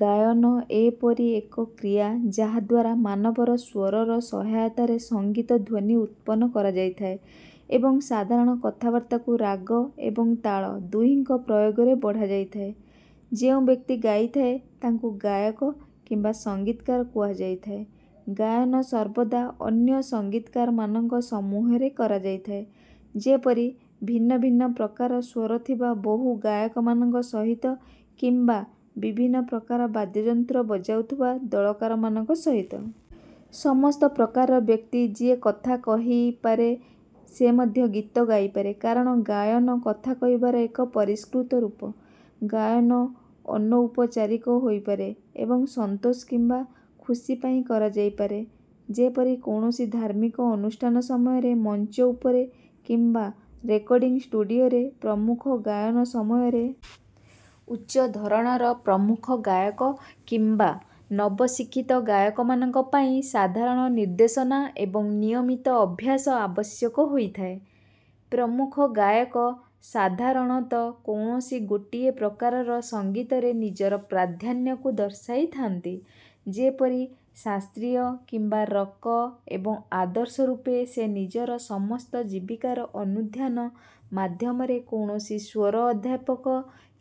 ଗାୟନ ଏପରି ଏକ କ୍ରିୟା ଯାହା ଦ୍ୱାରା ମାନବର ସ୍ୱରର ସହାୟତାରେ ସଙ୍ଗୀତ ଧ୍ୱନି ଉତ୍ପନ୍ନ କରାଯାଇଥାଏ ଏବଂ ସାଧାରଣ କଥାବାର୍ତ୍ତାକୁ ରାଗ ଏବଂ ତାଳ ଦୁହିଁଙ୍କ ପ୍ରୟୋଗରେ ବଢ଼ାଯାଇଥାଏ। ଯେଉଁ ବ୍ୟକ୍ତି ଗାଇଥାଏ ତାଙ୍କୁ ଗାୟକ କିମ୍ବା ସଙ୍ଗୀତକାର କୁହାଯାଇଥାଏ। ଗାୟନ ସର୍ବଦା ଅନ୍ୟ ସଙ୍ଗୀତକାରମାନଙ୍କ ସମୂହରେ କରାଯାଇଥାଏ ଯେପରି ଭିନ୍ନ ଭିନ୍ନ ପ୍ରକାର ସ୍ୱର ଥିବା ବହୁ ଗାୟକମାନଙ୍କ ସହିତ କିମ୍ବା ବିଭିନ୍ନ ପ୍ରକାର ବାଦ୍ୟଯନ୍ତ୍ର ବଜାଉଥିବା କଳାକାରମାନଙ୍କ ସହିତ। ସମସ୍ତ ପ୍ରକାରର ବ୍ୟକ୍ତି ଯିଏ କଥା କହିପାରେ ସେ ମଧ୍ୟ ଗୀତ ଗାଇପାରେ। କାରଣ ଗାୟନ କଥା କହିବାର ଏକ ପରିଷ୍କୃତ ରୂପ। ଗାୟନ ଅନୌପଚାରିକ ହୋଇପାରେ ଏବଂ ସନ୍ତୋଷ କିମ୍ବା ଖୁସି ପାଇଁ କରାଯାଇପାରେ। ଯେପରି କୌଣସି ଧାର୍ମିକ ଅନୁଷ୍ଠାନ ସମୟରେ ମଞ୍ଚ ଉପରେ କିମ୍ବା ରେକର୍ଡିଂ ଷ୍ଟୁଡିଓରେ ପ୍ରମୁଖ ଗାୟନ ସମୟରେ। ଉଚ୍ଚ ଧରଣର ପ୍ରମୁଖ ଗାୟକ କିମ୍ବା ନବଶିକ୍ଷିତ ଗାୟକମାନଙ୍କ ପାଇଁ ସାଧାରଣ ନିର୍ଦ୍ଦେଶନା ଏବଂ ନିୟମିତ ଅଭ୍ୟାସ ଆବଶ୍ୟକ ହୋଇଥାଏ। ପ୍ରମୁଖ ଗାୟକ ସାଧାରଣତଃ କୌଣସି ଗୋଟିଏ ପ୍ରକାରର ସଙ୍ଗୀତରେ ନିଜର ପ୍ରାଧାନ୍ୟକୁ ଦର୍ଶାଇଥାନ୍ତି ଯେପରି ଶାସ୍ତ୍ରୀୟ କିମ୍ବା ରକ ଏବଂ ଆଦର୍ଶ ରୂପେ ସେ ନିଜର ସମସ୍ତ ଜୀବିକାର ଅନୁଧ୍ୟାନ ମାଧ୍ୟମରେ କୌଣସି ସ୍ୱର-ଅଧ୍ୟାପକ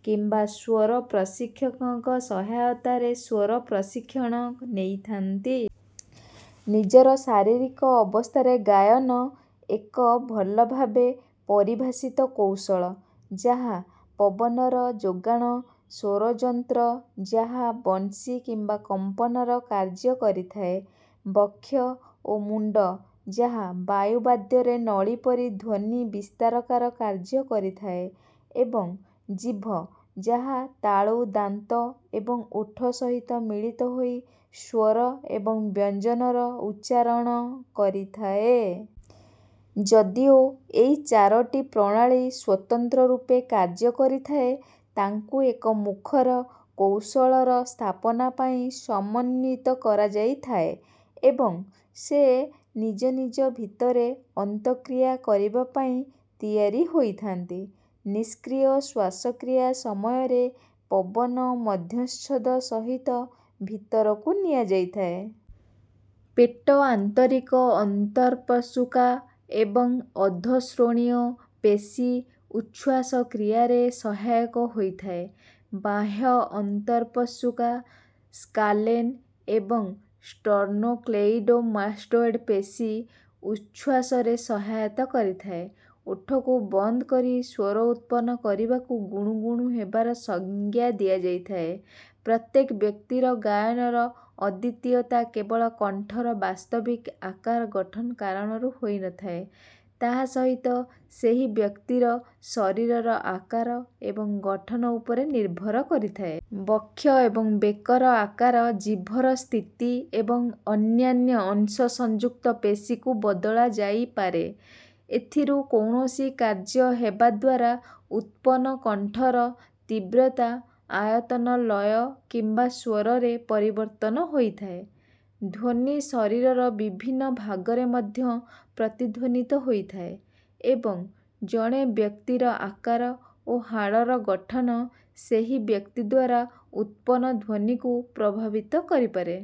କିମ୍ବା ସ୍ୱର-ପ୍ରଶିକ୍ଷକଙ୍କ ସହାୟତାରେ ସ୍ୱର-ପ୍ରଶିକ୍ଷଣ ନେଇଥାନ୍ତି। ନିଜର ଶାରୀରିକ ଅବସ୍ଥାରେ ଗାୟନ ଏକ ଭଲ ଭାବେ ପରିଭାଷିତ କୌଶଳ ଯାହା ପବନର ଯୋଗାଣ ସ୍ୱରଯନ୍ତ୍ର ଯାହା ବଂଶୀ କିମ୍ବା କମ୍ପନର କାର୍ଯ୍ୟ କରିଥାଏ ବକ୍ଷ ଓ ମୁଣ୍ଡ ଯାହା ବାୟୁ ବାଦ୍ୟରେ ନଳୀ ପରି ଧ୍ୱନି ବିସ୍ତାରକାର କାର୍ଯ୍ୟ କରିଥାଏ ଏବଂ ଜିଭ ଯାହା ତାଳୁ ଦାନ୍ତ ଏବଂ ଓଠ ସହିତ ମିଳିତ ହୋଇ ସ୍ୱର ଏବଂ ବ୍ୟଞ୍ଜନର ଉଚ୍ଚାରଣ କରିଥାଏ। ଯଦିଓ ଏହି ଚାରୋଟି ପ୍ରଣାଳୀ ସ୍ୱତନ୍ତ୍ର ରୂପେ କାର୍ଯ୍ୟ କରିଥାଏ ତାଙ୍କୁ ଏକ ମୁଖର କୌଶଳର ସ୍ଥାପନା ପାଇଁ ସମନ୍ୱିତ କରାଯାଇଥାଏ ଏବଂ ସେ ନିଜ ନିଜ ଭିତରେ ଅନ୍ତଃକ୍ରିୟା କରିବା ପାଇଁ ତିଆରି ହୋଇଥାନ୍ତି। ନିଷ୍କ୍ରିୟ ଶ୍ୱାସକ୍ରିୟା ସମୟରେ ପବନ ମଧ୍ୟଚ୍ଛଦ ସହିତ ଭିତରକୁ ନିଆଯାଇଥାଏ। ପେଟ ଆନ୍ତରିକ ଅନ୍ତର୍ପଶୁକା ଏବଂ ଅଧୋ ଶ୍ରୋଣୀୟ ପେଶୀ ଉଚ୍ଛ୍ୱାସ କ୍ରିୟାରେ ସହାୟକ ହୋଇପାରିଥାଏ। ବାହ୍ୟ ଅନ୍ତର୍ପଶୁକା ସ୍କାଲେନ ଏବଂ ଷ୍ଟର୍ନୋକ୍ଲେଇଡୋମାଷ୍ଟୋଏଡ ପେଶୀ ଉଚ୍ଛ୍ୱାସରେ ସହାୟତା କରିଥାଏ। ଓଠକୁ ବନ୍ଦ କରି ସ୍ୱର ଉତ୍ପନ୍ନ କରିବାକୁ ଗୁଣୁଗୁଣୁ ହେବାର ସଂଜ୍ଞା ଦିଆଯାଇଥାଏ। ପ୍ରତ୍ୟେକ ବ୍ୟକ୍ତିର ଗାୟନର ଅଦ୍ୱିତୀୟତା କେବଳ କଣ୍ଠର ବାସ୍ତବିକ ଆକାର ଗଠନ କାରଣରୁ ହୋଇନଥାଏ ତାହା ସହିତ ସେହି ବ୍ୟକ୍ତିର ଶରୀରର ଆକାର ଏବଂ ଗଠନ ଉପରେ ନିର୍ଭର କରିଥାଏ। ବକ୍ଷ ଏବଂ ବେକର ଆକାର ଜିଭର ସ୍ଥିତି ଏବଂ ଅନ୍ୟାନ୍ୟ ଅଂଶସଂଯୁକ୍ତ ପେଶୀକୁ ବଦଳାଯାଇପାରେ। ଏଥିରୁ କୌଣସି କାର୍ଯ୍ୟ ହେବା ଦ୍ୱାରା ଉତ୍ପନ୍ନ କଣ୍ଠର ତୀବ୍ରତା ଆୟତନ ଲୟ କିମ୍ବା ସ୍ୱରରେ ପରିବର୍ତ୍ତନ ହୋଇଥାଏ। ଧ୍ୱନି ଶରୀରର ବିଭିନ୍ନ ଭାଗରେ ମଧ୍ୟ ପ୍ରତିଧ୍ୱନିତ ହୋଇଥାଏ ଏବଂ ଜଣେ ବ୍ୟକ୍ତିର ଆକାର ଓ ହାଡ଼ର ଗଠନ ସେହି ବ୍ୟକ୍ତି ଦ୍ୱାରା ଉତ୍ପନ୍ନ ଧ୍ୱନିକୁ ପ୍ରଭାବିତ କରିପାରେ।